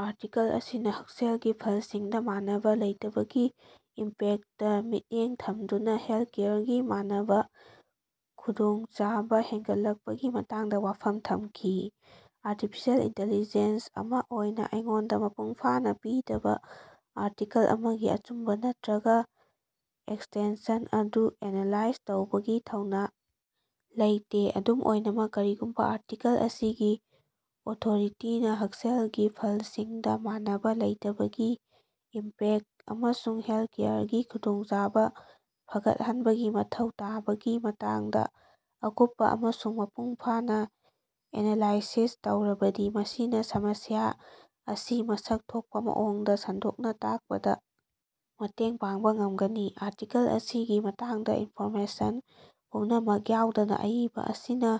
Article ꯑꯁꯤꯅ ꯍꯛꯁꯦꯜꯒꯤ ꯐꯜꯁꯤꯡꯗ ꯃꯥꯟꯅꯕ ꯂꯩꯇꯕꯒꯤ ꯏꯝꯄꯦꯛꯇꯇ ꯃꯤꯠꯌꯦꯡ ꯊꯝꯗꯨꯅ ꯍꯦꯜꯊꯀꯦꯌꯔꯒꯤ ꯃꯥꯟꯅꯕ ꯈꯨꯗꯣꯡꯆꯥꯕ ꯍꯦꯟꯒꯠꯂꯛꯄꯒꯤ ꯃꯇꯥꯡꯗ ꯋꯥꯐꯝ ꯊꯝꯈꯤ꯫ ꯑꯥꯔꯇꯤꯐꯤꯁꯤꯌꯦꯜ ꯏꯟꯇꯦꯂꯤꯖꯦꯟꯁ ꯑꯃ ꯑꯣꯏꯅ ꯑꯩꯉꯣꯟꯗ ꯃꯄꯨꯡ ꯐꯥꯅ ꯄꯤꯗꯕ ꯑꯥꯔꯇꯤꯀꯜ ꯑꯃꯒꯤ ꯑꯆꯨꯝꯕ ꯅꯠꯇ꯭ꯔꯒ ꯑꯦꯛꯁꯇꯦꯟꯁꯟ ꯑꯗꯨ ꯑꯦꯅꯂꯥꯏꯖ ꯇꯧꯕꯒꯤ ꯊꯧꯅ ꯂꯩꯇꯦ꯫ ꯑꯗꯨꯝ ꯑꯣꯏꯅꯃꯛ, ꯀꯔꯤꯒꯨꯝꯕ ꯑꯥꯔꯇꯤꯀꯜ ꯑꯁꯤꯒꯤ ꯑꯣꯊꯣꯔꯤꯇꯤꯅ ꯍꯛꯁꯦꯜꯒꯤ ꯐꯜꯁꯤꯡꯗ ꯃꯥꯟꯅꯕ ꯂꯩꯇꯕꯒꯤ ꯏꯝꯄꯦꯛꯇ ꯑꯃꯁꯨꯡ ꯍꯦꯜꯊꯀꯦꯌꯔꯒꯤ ꯈꯨꯗꯣꯡꯆꯥꯕ ꯐꯒꯠꯍꯟꯕꯒꯤ ꯃꯊꯧ ꯇꯥꯕꯒꯤ ꯃꯇꯥꯡꯗ ꯑꯀꯨꯞꯄ ꯑꯃꯁꯨꯡ ꯃꯄꯨꯡ ꯐꯥꯅ ꯑꯦꯅꯂꯥꯏꯁꯤꯁ ꯇꯧꯔꯕꯗꯤ ꯃꯁꯤꯅ ꯁꯃꯁ꯭ꯌꯥ ꯑꯁꯤ ꯃꯁꯛ ꯊꯣꯛꯄ ꯃꯑꯣꯡꯗ ꯁꯟꯗꯣꯛꯅ ꯇꯥꯛꯄꯗ ꯃꯇꯦꯡ ꯄꯥꯡꯕ ꯉꯝꯒꯅꯤ꯫ ꯑꯥꯔꯇꯤꯀꯜ ꯑꯁꯤꯒꯤ ꯃꯇꯥꯡꯗ ꯏꯟꯐꯣꯔꯃꯦꯁꯟ ꯄꯨꯝꯅꯃꯛ ꯌꯥꯎꯗꯅ ꯑꯏꯕ ꯑꯁꯤꯅ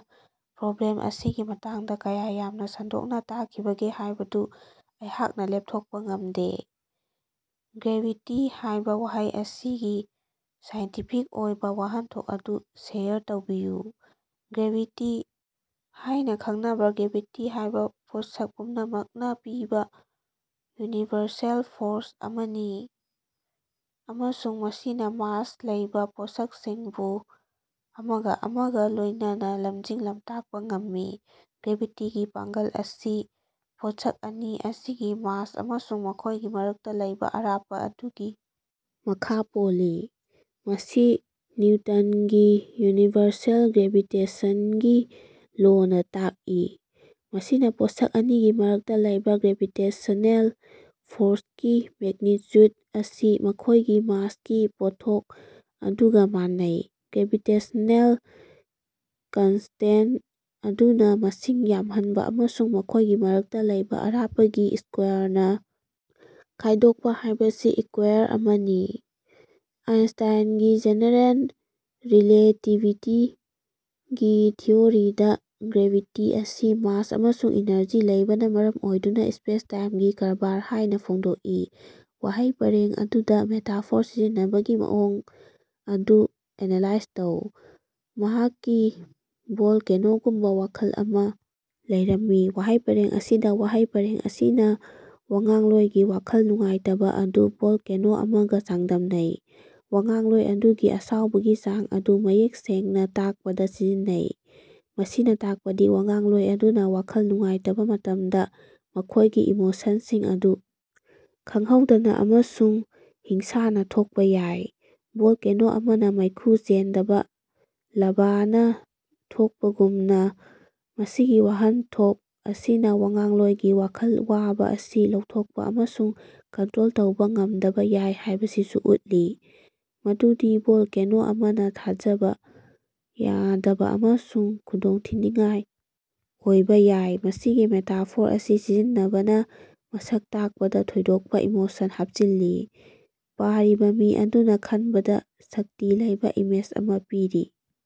ꯄ꯭ꯔꯣꯕ꯭ꯂꯦꯝ ꯑꯁꯤꯒꯤ ꯃꯇꯥꯡꯗ ꯀꯌꯥ ꯌꯥꯝꯅ ꯁꯟꯗꯣꯛꯅ ꯇꯥꯛꯈꯤꯕꯒꯦ ꯍꯥꯏꯕꯗꯨ ꯑꯩꯍꯥꯛꯅ ꯂꯦꯞꯊꯣꯛꯄ ꯉꯝꯗꯦ꯫ "ꯒ꯭ꯔꯦꯚꯤꯇꯤ" ꯍꯥꯏꯕ ꯋꯥꯍꯩ ꯑꯁꯤꯒꯤ ꯁꯥꯏꯟꯇꯤꯐꯤꯛ ꯑꯣꯏꯕ ꯋꯥꯍꯟꯊꯣꯛ ꯑꯗꯨ ꯁꯦꯌꯔ ꯇꯧꯕꯤꯌꯨ꯫ ꯒ꯭ꯔꯦꯚꯤꯇꯤ ꯍꯥꯏꯅ ꯈꯪꯅꯕ ꯒ꯭ꯔꯦꯚꯤꯇꯤ ꯍꯥꯏꯕꯁꯤ ꯄꯣꯠꯁꯛ ꯄꯨꯝꯅꯃꯛꯅ ꯄꯤꯕ ꯌꯨꯅꯤꯚꯔꯁꯦꯜ ꯐꯣꯔꯁ ꯑꯃꯅꯤ ꯑꯃꯁꯨꯡ ꯃꯁꯤꯅ ꯃꯥꯁ ꯂꯩꯕ ꯄꯣꯠꯁꯛꯁꯤꯡꯕꯨ ꯑꯃꯒ ꯑꯃꯒ ꯂꯣꯏꯅꯅ ꯂꯝꯖꯤꯡ-ꯂꯝꯇꯥꯛꯄ ꯉꯝꯃꯤ꯫ ꯒ꯭ꯔꯦꯚꯤꯇꯤꯒꯤ ꯄꯥꯡꯒꯜ ꯑꯁꯤ ꯄꯣꯠꯁꯛ ꯑꯅꯤ ꯑꯁꯤꯒꯤ ꯃꯥꯁ ꯑꯃꯁꯨꯡ ꯃꯈꯣꯏꯒꯤ ꯃꯔꯛꯇ ꯂꯩꯕ ꯑꯔꯥꯞꯄ ꯑꯗꯨꯒꯤ ꯃꯈꯥ ꯄꯣꯜꯂꯤ꯫ ꯃꯁꯤ ꯅꯤꯎꯇꯟꯒꯤ ꯌꯨꯅꯤꯚꯔꯁꯦꯜ ꯒ꯭ꯔꯦꯚꯤꯇꯦꯁꯟꯒꯤ ꯂꯣꯅ ꯇꯥꯛꯏ꯫ ꯃꯁꯤꯅ ꯄꯣꯠꯁꯛ ꯑꯅꯤꯒꯤ ꯃꯔꯛꯇ ꯂꯩꯕ ꯒ꯭ꯔꯦꯚꯤꯇꯦꯁꯟꯅꯦꯜ ꯐꯣꯔꯁꯀꯤ ꯃꯦꯒꯅꯤꯇ꯭ꯌꯨꯗ ꯑꯁꯤ ꯃꯈꯣꯏꯒꯤ ꯃꯥꯁꯀꯤ ꯄꯣꯠꯊꯣꯛ ꯑꯗꯨꯒ ꯃꯥꯟꯅꯩ꯫ ꯒ꯭ꯔꯦꯚꯤꯇꯦꯁꯟꯅꯦꯜ ꯀꯟꯁꯇꯦꯟꯇ ꯑꯗꯨꯅ ꯃꯁꯤꯡ ꯌꯥꯝꯍꯟꯕ ꯑꯃꯁꯨꯡ ꯃꯈꯣꯏꯒꯤ ꯃꯔꯛꯇ ꯂꯩꯕ ꯑꯔꯥꯞꯄꯒꯤ ꯁ꯭ꯀꯣꯌꯥꯔꯅ ꯈꯥꯏꯗꯣꯛꯄ ꯍꯥꯏꯕꯁꯤ ꯏꯀ꯭ꯌꯥꯏꯌꯔ ꯑꯃꯅꯤ꯫ ꯑꯥꯏꯟꯁꯇꯥꯏꯟꯒꯤ ꯖꯦꯅꯦꯔꯦꯜ ꯔꯤꯂꯦꯇꯤꯚꯤꯇꯤꯒꯤ ꯊꯤꯑꯣꯔꯤꯗ ꯒ꯭ꯔꯦꯚꯤꯇꯤ ꯑꯁꯤ ꯃꯥꯁ ꯑꯃꯁꯨꯡ ꯏꯅꯔꯖꯤ ꯂꯩꯕꯅ ꯃꯔꯝ ꯑꯣꯏꯗꯨꯅ ꯁ꯭ꯄꯦꯁꯇꯥꯏꯝꯒꯤ ꯀꯔꯕꯥꯔ ꯍꯥꯏꯅ ꯐꯣꯡꯗꯣꯛꯏ꯫ ꯋꯥꯍꯩ ꯄꯔꯦꯡ ꯑꯗꯨꯗ ꯃꯦꯇꯥꯐꯣꯔ ꯁꯤꯖꯤꯟꯅꯕꯒꯤ ꯃꯑꯣꯡ ꯑꯗꯨ ꯑꯦꯅꯂꯥꯏꯖ ꯇꯧ꯫ ꯃꯍꯥꯛꯀꯤ ꯚꯣꯜꯀꯦꯅꯣꯒꯨꯝꯕ ꯋꯥꯈꯜ ꯑꯃꯥ ꯂꯩꯔꯝꯃꯤ꯫ ꯋꯥꯍꯩ ꯄꯔꯦꯡ ꯑꯁꯤꯗ ꯋꯥꯍꯩ ꯄꯔꯦꯡ ꯑꯁꯤꯅ ꯋꯥꯉꯥꯡꯂꯣꯏꯒꯤ ꯋꯥꯈꯜ ꯅꯨꯡꯉꯥꯏꯇꯕ ꯑꯗꯨ ꯚꯣꯜꯀꯦꯅꯣ ꯑꯃꯒ ꯆꯥꯡꯗꯝꯅꯩ꯫ ꯋꯥꯉꯥꯡꯂꯣꯏ ꯑꯗꯨꯒꯤ ꯑꯁꯥꯎꯕꯒꯤ ꯆꯥꯡ ꯑꯗꯨ ꯃꯌꯦꯛ ꯁꯦꯡꯅ ꯇꯥꯛꯄꯗ ꯁꯤꯖꯤꯟꯅꯩ꯫ ꯃꯁꯤꯅ ꯇꯥꯛꯄꯗꯤ ꯋꯥꯉꯥꯡꯂꯣꯏ ꯑꯗꯨꯅ ꯋꯥꯈꯜ ꯅꯨꯡꯉꯥꯏꯇꯕ ꯃꯇꯝꯗ ꯃꯈꯣꯏꯒꯤ ꯏꯃꯣꯁꯟꯁꯤꯡ ꯑꯗꯨ ꯈꯪꯍꯧꯗꯅ ꯑꯃꯁꯨꯡ ꯍꯤꯡꯁꯥꯅ ꯊꯣꯛꯄ ꯌꯥꯏ꯫ ꯚꯣꯜꯀꯦꯅꯣ ꯑꯃꯅ ꯃꯩꯈꯨ ꯆꯦꯟꯗꯕ ꯂꯥꯚꯥꯅ ꯊꯣꯛꯄꯒꯨꯝꯅ꯫ ꯃꯁꯤꯒꯤ ꯋꯥꯍꯟꯊꯣꯛ ꯑꯁꯤꯅ ꯋꯥꯉꯥꯡꯂꯣꯏꯒꯤ ꯋꯥꯈꯜ ꯋꯥꯕ ꯑꯁꯤ ꯂꯧꯊꯣꯛꯄ ꯑꯃꯁꯨꯡ ꯀꯟꯇ꯭ꯔꯣꯜ ꯇꯧꯕ ꯉꯝꯗꯕ ꯌꯥꯏ ꯍꯥꯏꯕꯁꯤꯁꯨ ꯎꯠꯂꯤ꯫ ꯃꯗꯨꯗꯤ ꯚꯣꯜꯀꯦꯅꯣ ꯑꯃꯅ ꯊꯥꯖꯕ ꯌꯥꯗꯕ ꯑꯃꯁꯨꯡ ꯈꯨꯗꯣꯡꯊꯤꯅꯤꯡꯉꯥꯏ ꯑꯣꯏꯕ ꯌꯥꯏ꯫ ꯃꯁꯤꯒꯤ ꯃꯦꯇꯥꯐꯣꯔ ꯑꯁꯤ ꯁꯤꯖꯤꯟꯅꯕꯅ ꯃꯁꯛ ꯇꯥꯛꯄꯗ ꯊꯣꯏꯗꯣꯛꯄ ꯏꯃꯣꯁꯟ ꯍꯥꯞꯆꯤꯜꯂꯤ꯫ ꯄꯥꯔꯤꯕ ꯃꯤ ꯑꯗꯨꯅ ꯈꯟꯕꯗ ꯁꯛꯇꯤ ꯂꯩꯕ ꯏꯃꯦꯖ ꯑꯃ ꯄꯤꯔꯤ꯫